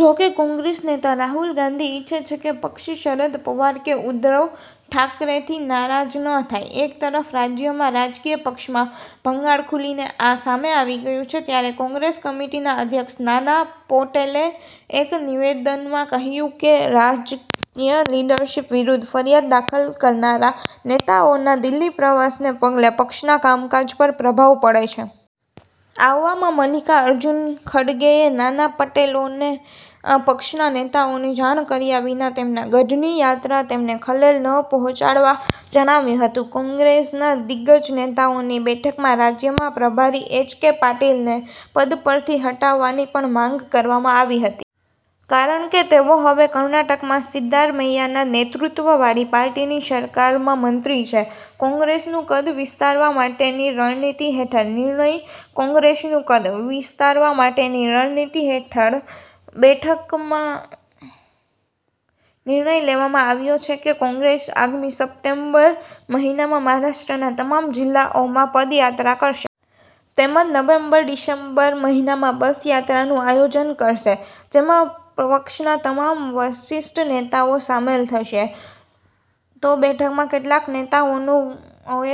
જો કે, કોંગ્રેસ નેતા રાહુલ ગાંધી ઇચ્છે છે કે પક્ષી શરદ પવાર કે ઉદ્ધવ ઠાકરેથી નારાજ ન થાય. એક તરફ રાજ્યમાં રાજકીય પક્ષમાં ભંગાણ ખુલીને સામે આવી ગયું છે. ત્યારે કોંગ્રેસ કમિટિના અધ્યક્ષ નાના પોટેલે એક નિવેદનમાં કહ્યું કે, રાજ્ય લીડરશીપ વિરૂદ્ધ ફરિયાદ દાખલ કરનારા નેતાઓના દિલ્હી પ્રવાસને પગલે પક્ષના કામકાજ પર પ્રભાવ પડે છે. આવવામાં મલ્લિકા અર્જુન ખડગેએ નાના પટેલોને પક્ષના નેતાઓને જાણ કર્યા વિના તેમના ગઢની યાત્રા તેમને ખલેલ ન પહોંચાડવા જણાવ્યું હતું. કોંગ્રેસના દિગ્ગજ નેતાઓની બેઠકમાં રાજ્યમાં પ્રભારી એચ. કે. પાટિલને પદ પરથી હટાવવાની પણ માંગ કરવામાં આવી હતી. કારણ કે તેઓ હવે કર્ણાટકમાં સિદ્ધારમૈયાના નેતૃત્વવાળી પાર્ટીની સરકારમાં મંત્રી છે. કોંગ્રેસનું કદ વિસ્તારવા માટેની રણનીતિ હેઠળ નિર્ણય કોંગ્રેસનું કદ વિસ્તારવા માટેની રણનીતિ હેઠળ બેઠકમાં નિર્ણય લેવામાં આવ્યો છે કે, કોંગ્રેસ આગમી સ્પ્ટેમ્બર મહિનામાં મહારાષ્ટ્રના તમામ જિલ્લાઓમાં પદયાત્રા કરશે. તેમજ નવેમબર-ડિસેમ્બર મહિનામાં બસ યાત્રાનું આયોજન કરશે. જેમાં પક્ષના તમામ વસિષ્ઠ નેતાઓ સામેલ થશે. તો બેઠકમાં કેટલાક નેતાઓનુ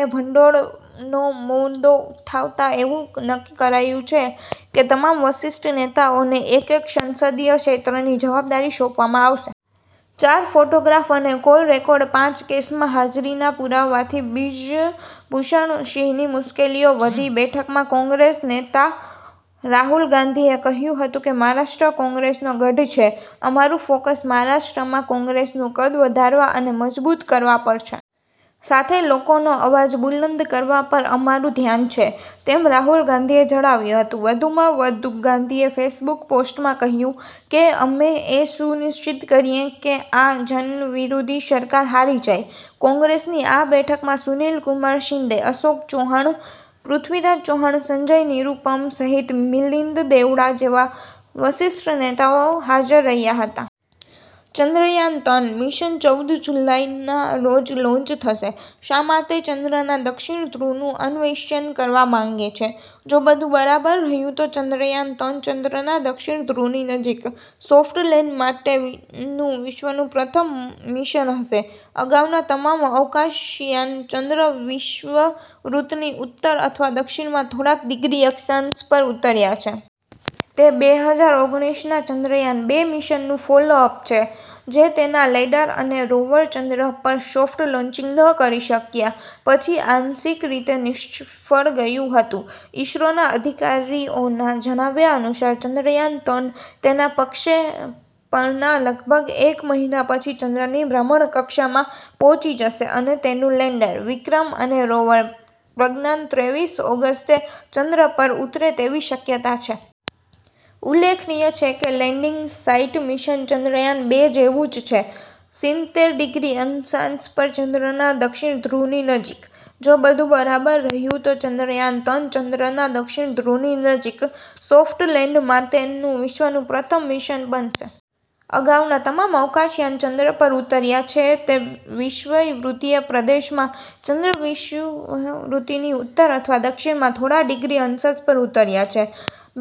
એ ભંડોળનો મુદ્દો ઉઠાવતા એવું નક્કી કરાયું છે કે તમામ વસિષ્ઠ નેતાઓને એક-એક સંસદીય ક્ષેત્રની જવાબદારી સોંપવામાં આવશે. ચાર ફોટોગ્રાફ અને કોલ રેકોર્ડ, પાંચ કેસમાં હાજરીના પુરાવાથી બ્રિજભૂષણ સિંહની મુશ્કેલીઓ વધી બેઠકમાં કોંગ્રેસ નેતા રાહુલ ગાંધીએ કહ્યું હતું કે, મહારાષ્ટ્ર કોંગ્રેસનો ગઢ છે. અમારું ફોક્સ મહારાષ્ટ્રમાં કોંગ્રેસનું કદ વધારવા અને મજબૂત કરવા પર છે. સાથે લોકોનો અવાજ બુલંદ કરવા પર અમારું ધ્યાન છે તેમ રાહુલ ગાંધીએ જણાવ્યું હતું. વધુમાં વધુ ગાંધીએ ફેસબુક પોસ્ટમાં કહ્યું કે, અમે એ સુનિશ્વિત કરીએ કે, આ જનવિરોધી સરકાર હારી જાય. કોંગ્રેસની આ બેઠકમાં સુનીલ કુમાર શિંદે, અશોક ચૈહાણ, પૃથ્વીરાજ ચૌહાણ, સંજય નિરૂપમ સહિત મિલિંદ દેવડા જેવા વસિષ્ઠ નેતાઓ હાજર રહ્યા હતા. ચંદ્રયાન-તણ મિશન ચૌદ જુલાઈના રોજ લોન્ચ થશે, શા માટે ચંદ્રના દક્ષિણ ધ્રુવનું અન્વેષણ કરવા માંગે છે? જો બધું બરાબર રહ્યું તો ચંદ્રયાન-તણ ચંદ્રના દક્ષિણ ધ્રુવની નજીક સોફ્ટ-લેન્ડ માટેનું વિશ્વનું પ્રથમ મિશન હશે. અગાઉના તમામ અવકાશયાન ચંદ્ર વિષુવવૃત્તની ઉત્તર અથવા દક્ષિણમાં થોડાક ડિગ્રી અક્ષાંશ પર ઉતર્યા છે. તે બે હજાર ઓગણીસના ચંદ્રયાન-બે મિશનનું ફોલો-અપ છે, જે તેના લેન્ડર અને રોવર ચંદ્ર પર સોફ્ટ-લોન્ચિગ ન કરી શક્યા પછી આંશિક રીતે નિષ્ફળ ગયું હતું. ઈસરોના અધિકારીઓના જણાવ્યા અનુસાર, ચંદ્રયાન-તણ તેના પ્રક્ષેપણના લગભગ એક મહિના પછી ચંદ્રની ભ્રમણકક્ષામાં પહોંચી જશે અને તેનું લેન્ડર, વિક્રમ અને રોવર, પ્રજ્ઞાન ત્રેવીસ ઓગસ્ટે ચંદ્ર પર ઉતરે તેવી શક્યતા છે. ઉલ્લેખનીય છે કે, લેન્ડિંગ સાઇટ મિશન ચંદ્રયાન-બે જેવું જ છે. સીનતેર ડિગ્રી અનસાંશ પર ચંદ્રના દક્ષિણ ધ્રુવની નજીક. જો બધું બરાબર રહ્યું તો ચંદ્રયાન-તણ ચંદ્રના દક્ષિણ ધ્રુવની નજીક સોફ્ટ-લેન્ડ માટેનું વિશ્વનું પ્રથમ મિશન બનશે. અગાઉના તમામ અવકાશયાન ચંદ્ર પર ઉતર્યા છે તે વિસ્વવૃત્તીય પ્રદેશમાં, ચંદ્ર વિષુવવૃત્તીની ઉત્તર અથવા દક્ષિણમાં થોડા ડિગ્રી અન્સાંશ પર ઉતર્યા છે.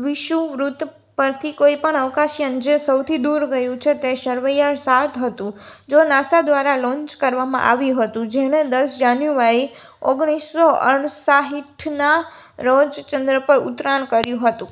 વિષુવવૃત્ત પરથી કોઈપણ અવકાશયાન જે સૌથી દૂર ગયું છે તે સર્વેયર સાત હતું, જો નાસા દ્વારા લોન્ચ કરવામાં આવ્યું હતું, જેણે દસ જાન્યુઆરી, ઓગણીસો અળસાહિઠના રોજ ચંદ્ર પર ઉતરાણ કર્યું હતું.